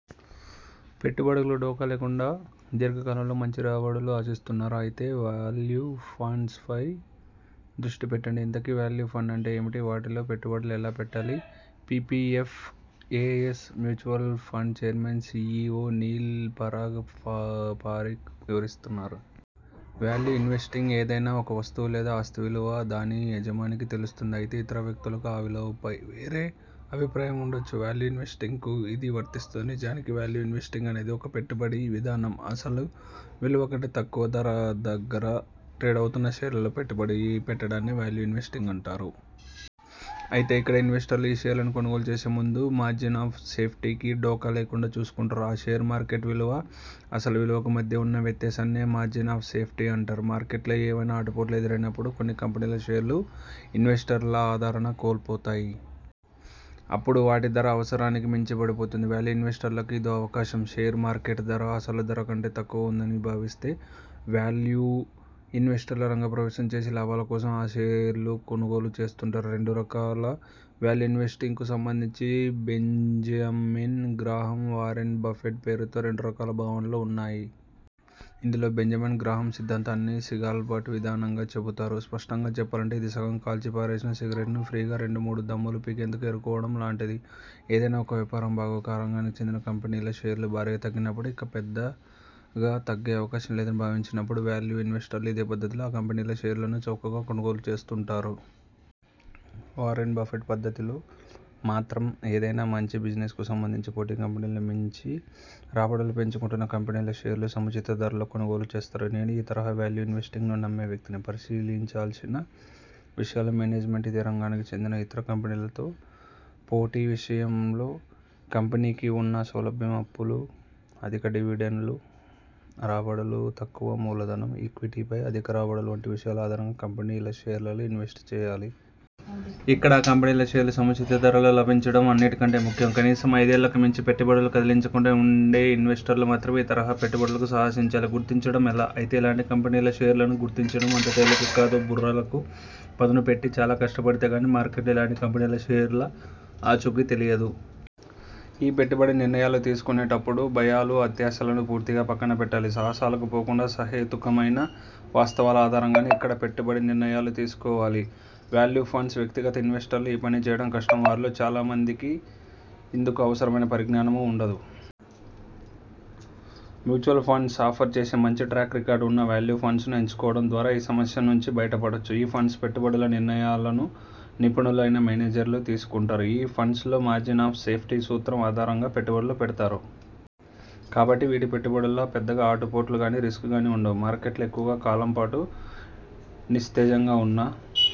పెట్టుబడులకు ఢోకా లేకుండా దీర్ఘకాలంలో మంచి రాబడులు ఆశిస్తున్నారా? అయితే వాల్యూ ఫండ్స్ పై దృష్టి పెట్టండి. ఇంతకీ వాల్యూ ఫండ్ అంటే ఏమిటి? వాటిలో పెట్టుబడులు ఎలా పెట్టాలో P P F A S mutual fund chairman, C E O Neil Parag Parikh వివరిస్తున్నారు. వాల్యూ ఇన్వెస్టింగ్ఏదైనా ఒక వస్తువు లేదా ఆస్తి విలువ దాని యజమానికి తెలుస్తుంది. అయితే ఇతర వ్యక్తులకు ఆ విలువపై వేరే అభిప్రాయం ఉండొచ్చు. వాల్యూ ఇన్వెస్టింగ్ కు ఇది వర్తిస్తుంది. నిజానికి వాల్యూ ఇన్వెస్టింగ్ అనేది ఒక పెట్టుబడి విధానం. అసలు విలువ కంటే తక్కువ ధర దగ్గర ట్రేడవుతున్న షేర్లలో పెట్టుబడి పెట్టడాన్నే వాల్యూ ఇన్వెస్టింగ్ అంటారు. అయితే ఇక్కడ ఇన్వెస్టర్లు ఈ షేర్లను కొనుగోలు చేసే ముందు 'మార్జిన్ ఆఫ్ సేఫ్టీ'కి ఢోకా లేకుండా చూసుకుంటారు. ఆ షేరు మార్కెట్ విలువ, అసలు విలువకు మధ్య ఉన్న వ్యత్యాసాన్నే 'మార్జిన్ ఆఫ్ సేఫ్టీ' అంటారు. మార్కెట్లో ఏవైనా ఆటుపోట్లు ఎదురైనపుడు కొన్ని కంపెనీల షేర్లు ఇన్వెస్టర్ల ఆదరణ కోల్పోతాయి. అపుడు వాటి ధర అవసరానికి మించి పడిపోతుంది. వాల్యూ ఇన్వెస్టర్లకు ఇదో అవకాశం. షేరు మార్కెట్ ధర, అసలు ధర కంటే తక్కువగా ఉందని భావిస్తే వాల్యూ ఇన్వెస్టర్లు రంగ ప్రవేశం చేసి లాభాల కోసం ఆ షేర్లు కొనుగోలు చేస్తుంటారు. రెండు రకాల వాల్యూ ఇన్వెస్టింగ్కు సంబంధించి బెంజమిన్ గ్రాహం, వారెన్ బఫెట్ పేరుతో రెండు రకాల భావనలు ఉన్నాయి. ఇందులో బెంజమిన్ గ్రాహమ్ సిద్ధాంతాన్ని 'సిగాల్ బట్' విధానంగా చెబుతారు. స్పష్టంగా చెప్పాలంటే ఇది సగం కాల్చి పారేసిన సిగరెట్ను, ఫ్రీగా రెండు మూడు దమ్ములు పీకేందుకు ఏరుకోవడం లాంటిది. ఏదైనా ఒక వ్యాపారం బాగోక ఆ రంగానికి చెందిన కంపెనీల షేర్లు భారీగా తగ్గినపుడు, ఇక పెద్దగా తగ్గే అవకాశం లేదని భావించినపుడు వాల్యూ ఇన్వెస్టర్లు ఇదే పద్దతిలో ఆ కంపెనీల షేర్లను చౌకగా కొనుగోలు చేస్తుంటారు. వారెన్ బఫెట్ పద్దతిలో మాత్రంఏదైనా మంచి బిజినెస్కు సంబంధించి పోటీ కంపెనీలను మించి రాబడులు పెంచుకుంటున్న కంపెనీల షేర్లు సముచిత ధరలో కొనుగోలు చేస్తారు. నేను ఈ తరహా వాల్యూ ఇన్వెస్టింగ్ను నమ్మే వ్యక్తిని. పరిశీలించాల్సిన విషయాలు మేనేజ్మెంట్, ఇదే రంగానికి చెందిన ఇతర కంపెనీలతో పోటీ విషంలో కంపెనీకి ఉన్న సౌలభ్యం, అప్పులు, అధిక డివిడెండ్ల రాబడులు, తక్కువ మూలధనం, ఈక్విటీపై అధిక రాబడులు వంటి విషయాల ఆధారంగా కంపెనీల షేర్లలో ఇన్వెస్ట్ చేయాలి. ఇక్కడ ఆ కంపెనీల షేర్లు సముచిత ధరలో లభించడం అన్నిటి కంటే ముఖ్యం. కనీసం ఐదేళ్లకు మించి పెట్టుబడులు కదిలించకుండా ఉండే ఇన్వెస్టర్లు మాత్రమే ఈ తరహా పెట్టుబడులకు సాహసించాలి. గుర్తించడం ఎలా? అయితే ఇలాంటి కంపెనీల షేర్లను గుర్తించడం అంత తేలిక కాదు. బుర్రలకు పదును పెట్టి చాలా కష్టపడితే గానీ మార్కెట్లో ఇలాంటి కంపెనీల షేర్ల ఆచూకీ తెలియదు. ఈ పెట్టుబడి నిర్ణయాలు తీసుకునేటపుడు భయాలు, అత్యాశలను పూర్తిగా పక్కన పెట్టాలి. సాహసాలకు పోకుండా సహేతుకమైన వాస్తవాల ఆధారంగానే ఇక్కడ పెట్టుబడి నిర్ణయాలు తీసుకోవాలి. వాల్యూ ఫండ్స్ వ్యక్తిగత ఇన్వెస్టర్లు ఈ పని చేయడం కష్టం. వారిలో చాలా మందికి ఇందుకు అవసరమైన పరిజ్ఞానమూ ఉండదు. మ్యూచువల్ ఫండ్స్ ఆఫర్ చేసే మంచి ట్రాక్ రికార్డు ఉన్న వాల్యూ ఫండ్స్ ను ఎంచుకోవడం ద్వారా ఈ సమస్య నుంచి బయట పడొచ్చు. ఈ ఫండ్స్ పెట్టుబడుల నిర్ణయాలను నిపుణులైన మేనేజర్లు తీసుకుంటారు. ఈ ఫండ్స్ లో 'మార్జిన్ ఆఫ్ సేఫ్టీ' సూత్రం ఆధారంగా పెట్టుబడులు పెడతారు. కాబట్టి వీటి పెట్టుబడుల్లో పెద్దగా ఆటు పోట్లు గానీ రిస్కు గానీ ఉండవు. మార్కెట్లు ఎక్కువ కాలం పాటు నిస్తేజంగా ఉన్నా